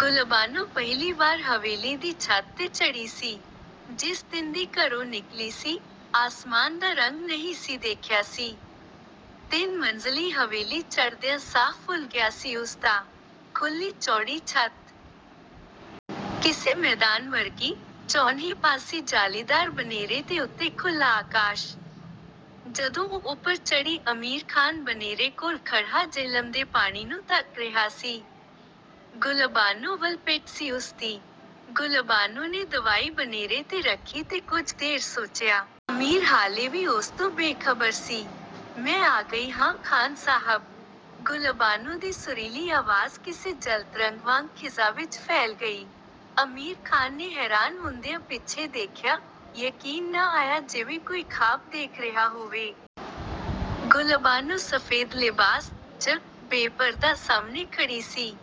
ਗੁਲਬਾਨੋ ਪਹਿਲੀ ਵਾਰ ਹਵੇਲੀ ਦੀ ਛੱਤ ਤੇ ਚੜ੍ਹੀ ਸੀ। ਜਿਸ ਦਿਨ ਦੀ ਘਰੋ ਨਿਕਲੀ ਸੀ, ਆਸਮਾਨ ਦਾ ਰੰਗ ਨਹੀ ਸੀ ਦੇਖਿਆ ਸੀ। ਤਿੰਨ ਮੰਜ਼ਲੀ ਹਵੇਲੀ ਚੜ੍ਹਦਿਆਂ ਸਾਹ ਫੁਲ ਗਿਆ ਸੀ ਉਸਦਾ। ਖੁੱਲ੍ਹੀ ਚੌੜੀ ਛੱਤ.. ਕਿਸੇ ਮੈਦਾਨ ਵਰਗੀ, ਚੌਂਹੀ ਪਾਸੀ ਜਾਲੀਦਾਰ ਬਨੇਰੇ ਤੇ ਉਤੇ ਖੁੱਲ੍ਹਾ ਆਕਾਸ਼। ਜਦੋਂ ਉਹ ਉਪਰ ਚੜ੍ਹੀ ਅਮੀਰ ਖਾਨ ਬਨੇਰੇ ਕੋਲ ਖੜ੍ਹਾ ਜਿਹਲਮ ਦੇ ਪਾਣੀ ਨੂੰ ਤੱਕ ਰਿਹਾ ਸੀ। ਗੁਲਬਾਨੋ ਵਲ ਪਿੱਠ ਸੀ ਉਸਦੀ। ਗੁਲਬਾਨੋ ਨੇ ਦਵਾਈ ਬਨੇਰੇ ਤੇ ਰੱਖੀ ਤੇ ਕੁਝ ਦੇਰ ਸੋਚਿਆ। ਅਮੀਰ ਹਾਲੇ ਵੀ ਉਸ ਤੋਂ ਬੇਖਬਰ ਸੀ। "ਮੈਂ ਆ ਗਈ ਹਾਂ ਖ਼ਾਨ ਸਾਹਬ "… ਗੁਲਬਾਨੋ ਦੀ ਸੁਰੀਲੀ ਆਵਾਜ਼ ਕਿਸੇ ਜਲਤਰੰਗ ਵਾਂਗ ਖਿਜ਼ਾ ਵਿੱਚ ਫੈਲ ਗਈ। ਅਮੀਰ ਖ਼ਾਨ ਨੇ ਹੈਰਾਨ ਹੁੰਦਿਆਂ ਪਿੱਛੇ ਦੇਖਿਆ, ਯਕੀਨ ਨਾ ਆਇਆ ਜਿਵੇਂ ਕੋਈ ਖ਼ਾਬ ਦੇਖ ਰਿਹਾ ਹੋਵੇ। ਗੁਲਬਾਨੋ ਸਫੇਦ ਲਿਬਾਸ, ਚ' ਬੇਪਰਦਾ ਸਾਹਮਣੇ ਖੜ੍ਹੀ ਸੀ।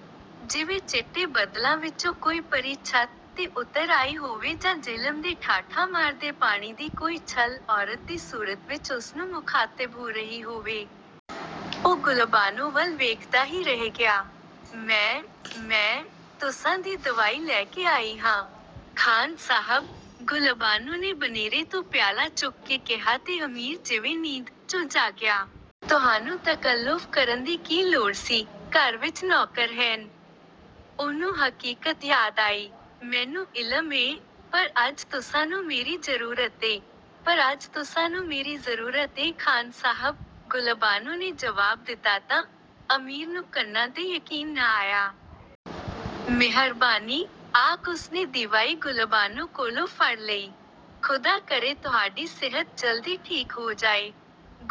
ਜਿਵੇ ਚਿੱਟੇ ਬੱਦਲਾਂ ਵਿਚੋਂ ਕੋਈ ਪਰੀ ਛੱਤ 'ਤੇ ਉਤਰ ਆਈ ਹੋਵੇ ਜਾਂ ਜਿਹਲਮ ਦੇ ਠਾਠਾਂ ਮਾਰਦੇ ਪਾਣੀ ਦੀ ਕੋਈ ਛੱਲ ਔਰਤ ਦੀ ਸੂਰਤ ਵਿੱਚ ਉਸਨੂੰ ਮੁਖ਼ਾਤਿਬ ਹੋ ਰਹੀ ਹੋਵੇ। ਉਹ ਗੁਲਬਾਨੋ ਵੱਲ ਵੇਖਦਾ ਹੀ ਰਹਿ ਗਿਆ। "ਮੈਂ… ਮੈਂ.. ਤੁਸਾਂ ਦੀ ਦਵਾਈ ਲੈ ਕੇ ਆਈ ਹਾਂ… ਖਾਨ ਸਾਹਬ "…… ਗੁਲਬਾਨੋ ਨੇ ਬਨੇਰੇ ਤੋਂ ਪਿਆਲਾ ਚੁੱਕ ਕੇ ਕਿਹਾ ਤੇ ਅਮੀਰ ਜਿਵੇਂ ਨੀਂਦ, ਚੋਂ ਜਾਗਿਆ। ਤੁਹਾਨੂੰ ਤਕੱਲੁਫ ਕਰਨ ਦੀ ਕੀ ਲੋੜ ਸੀ, ਘਰ ਵਿੱਚ ਨੌਕਰ ਹੈਨ ".. ਉਹਨੂੰ ਹਕੀਕਤ ਯਾਦ ਆਈ। "ਮੈਨੂੰ ਇਲਮ ਏਂ ".. ਪਰ ਅੱਜ ਤੁਸਾਂ ਨੂੰ ਮੇਰੀ ਜਰੂਰਤ ਏ..! ਪਰ ਅੱਜ ਤੁਸਾਂ ਨੂੰ ਮੇਰੀ ਜ਼ਰੂਰਤ ਏਂ ਖ਼ਾਨ ਸਾਹਬ"ਗੁਲਬਾਨੋ ਨੇ ਜਵਾਬ ਦਿਤਾ ਤਾਂ, ਅਮੀਰ ਨੂੰ ਕੰਨਾਂ ਤੇ ਯਕੀਨ ਨਾ ਆਇਆ। "ਮਿਹਰਬਾਨੀ "… ਆਖ ਉਸਨੇ ਦੀਵਾਈ ਗੁਲਬਾਨੋ ਕੋਲੋ ਫੜ ਲਈ। "ਖੁਦਾ ਕਰੇ ਤੁਹਾਡੀ ਸਿਹਤ ਜਲਦੀ ਠੀਕ ਹੋ ਜਾਏ"..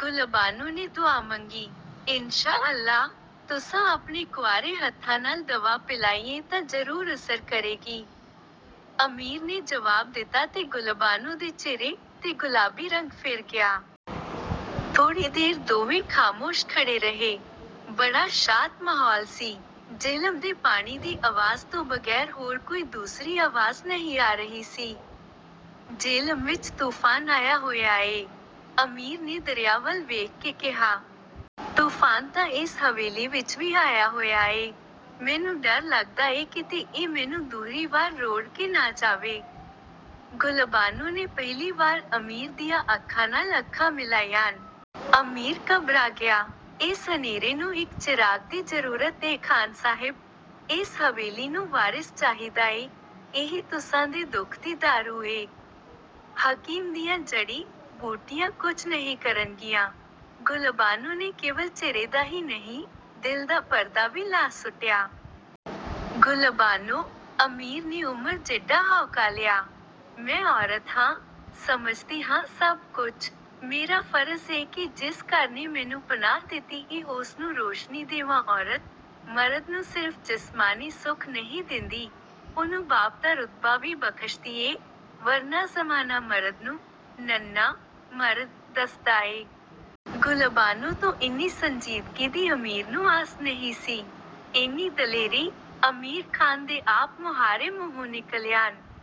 ਗੁਲਬਾਨੋ ਨੇ ਦੁਆ ਮੰਗੀ। "ਇੰਸ਼ਾ ਅੱਲਾਹ! ਤੁਸਾਂ ਆਪਣੇ ਕੁਆਰੇ ਹੱਥਾਂ ਨਾਲ ਦਵਾ ਪਿਲਾਈ ਏਂ ਤਾਂ ਜਰੂਰ ਅਸਰ ਕਰੇਗੀ "… ਅਮੀਰ ਨੇ ਜਵਾਬ ਦਿਤਾ ਤੇ ਗੁਲਬਾਨੋ ਦੇ ਚਿਹਰੇ 'ਤੇ ਗੁਲਾਬੀ ਰੰਗ ਫਿਰ ਗਿਆ। ਥੋੜ੍ਹੀ ਦੇਰ ਦੋਵੇਂ ਖਾਮੋਸ਼ ਖੜ੍ਹੇ ਰਹੇ। ਬੜਾ ਸ਼ਾਤ ਮਾਹੌਲ ਸੀ। ਜਿਹਲਮ ਦੇ ਪਾਣੀ ਦੀ ਅਵਾਜ਼ ਤੋਂ ਬਗੈਰ ਹੋਰ ਕੋਈ ਦੂਸਰੀ ਆਵਾਜ਼ ਨਹੀ ਆ ਰਹੀ ਸੀ। "ਜੇਹਲਮ ਵਿੱਚ ਤੂਫਾਨ ਆਇਆ ਹੋਇਆ ਏ… "ਅਮੀਰ ਨੇ ਦਰਿਆ ਵੱਲ ਵੇਖ ਕੇ ਕਿਹਾ। "ਤੂਫਾਨ ਤਾਂ ਇਸ ਹਵੇਲੀ ਵਿੱਚ ਵੀ ਆਇਆ ਹੋਇਆ ਏ "… ਮੈਨੂੰ ਡਰ ਲੱਗਦਾ ਏ ਕਿਤੇ ਇਹ ਮੈਨੂੰ ਦੂਹਰੀ ਵਾਰ ਰੋੜ੍ਹ ਕੇ ਨਾ ਜਾਵੇ "… ਗੁਲਬਾਨੋ ਨੇ ਪਹਿਲੀ ਵਾਰ ਅਮੀਰ ਦੀਆ ਅੱਖਾਂ ਨਾਲ ਅੱਖਾਂ ਮਿਲਾਈਆਂ। ਅਮੀਰ ਘਬਰਾ ਗਿਆਂ "…. "ਇਸ ਹਨੇਰੇ ਨੂੰ ਇਕ ਚਿਰਾਗ ਦੀ ਜਰੂਰਤ ਏ ਖਾਨ ਸਾਹਿਬ..! ਇਸ ਹਵੇਲੀ ਨੂੰ ਵਾਰਿਸ ਚਾਹੀਦਾ ਏ….! ਇਹੀ ਤੁਸਾਂ ਦੇ ਦੁੱਖ ਦੀ ਦਾਰੂ ਏ "… ਹਕੀਮ ਦੀਆਂ ਜੜ੍ਹੀ-ਬੂਟੀਆਂ ਕੁਛ ਨਹੀ ਕਰਨਗੀਆਂ… ਗੁਲਬਾਨੋ ਨੇ ਕੇਵਲ ਚਿਹਰੇ ਦਾ ਹੀ ਨਹੀਂ, ਦਿਲ ਦਾ ਪਰਦਾ ਵੀ ਲਾਹ ਸੁੱਟਿਆ.. "ਗੁਲਬਾਨੋ "… ਅਮੀਰ ਨੇ ਉਮਰ ਜਿੱਡਾ ਹਾਉਕਾ ਲਿਆ…. "ਮੈਂ ਔਰਤ ਹਾਂ "… ਸਮਝਦੀ ਹਾਂ ਸੱਭ ਕੁਛ…. ਮੇਰਾ ਫਰਜ਼ ਏ ਕਿ ਜਿਸ ਘਰ ਨੇ ਮੈਨੂੰ ਪਨਾਹ ਦਿਤੀ ਏ ਉਸ ਨੂੰ ਰੋਸ਼ਨੀ ਦੇਵਾਂ… ਔਰਤ, ਮਰਦ ਨੂੰ ਸਿਰਫ ਜਿਸਮਾਨੀ ਸੁੱਖ ਨਹੀ ਦਿੰਦੀ, ਉਹਨੂੰ ਬਾਪ ਦਾ ਰੁਤਬਾ ਵੀ ਬਖਸ਼ਦੀ ਏ, ਵਰਨਾ ਜ਼ਮਾਨਾ ਮਰਦ ਨੂੰ "ਨ-ਮਰਦ"ਦੱਸਦਾ ਏ "!! ਗੁਲਬਾਨੋ ਤੋਂ ਇੰਨੀ ਸੰਜੀਦਗੀ ਦੀ ਅਮੀਰ ਨੂੰ ਆਸ ਨਹੀ ਸੀ। "ਏਨੀ ਦਲੇਰੀ "!!! ਅਮੀਰ ਖ਼ਾਨ ਦੇ ਆਪ ਮੁਹਾਰੇ ਮੂੰਹੋਂ ਨਿਕਲਿਆਂ…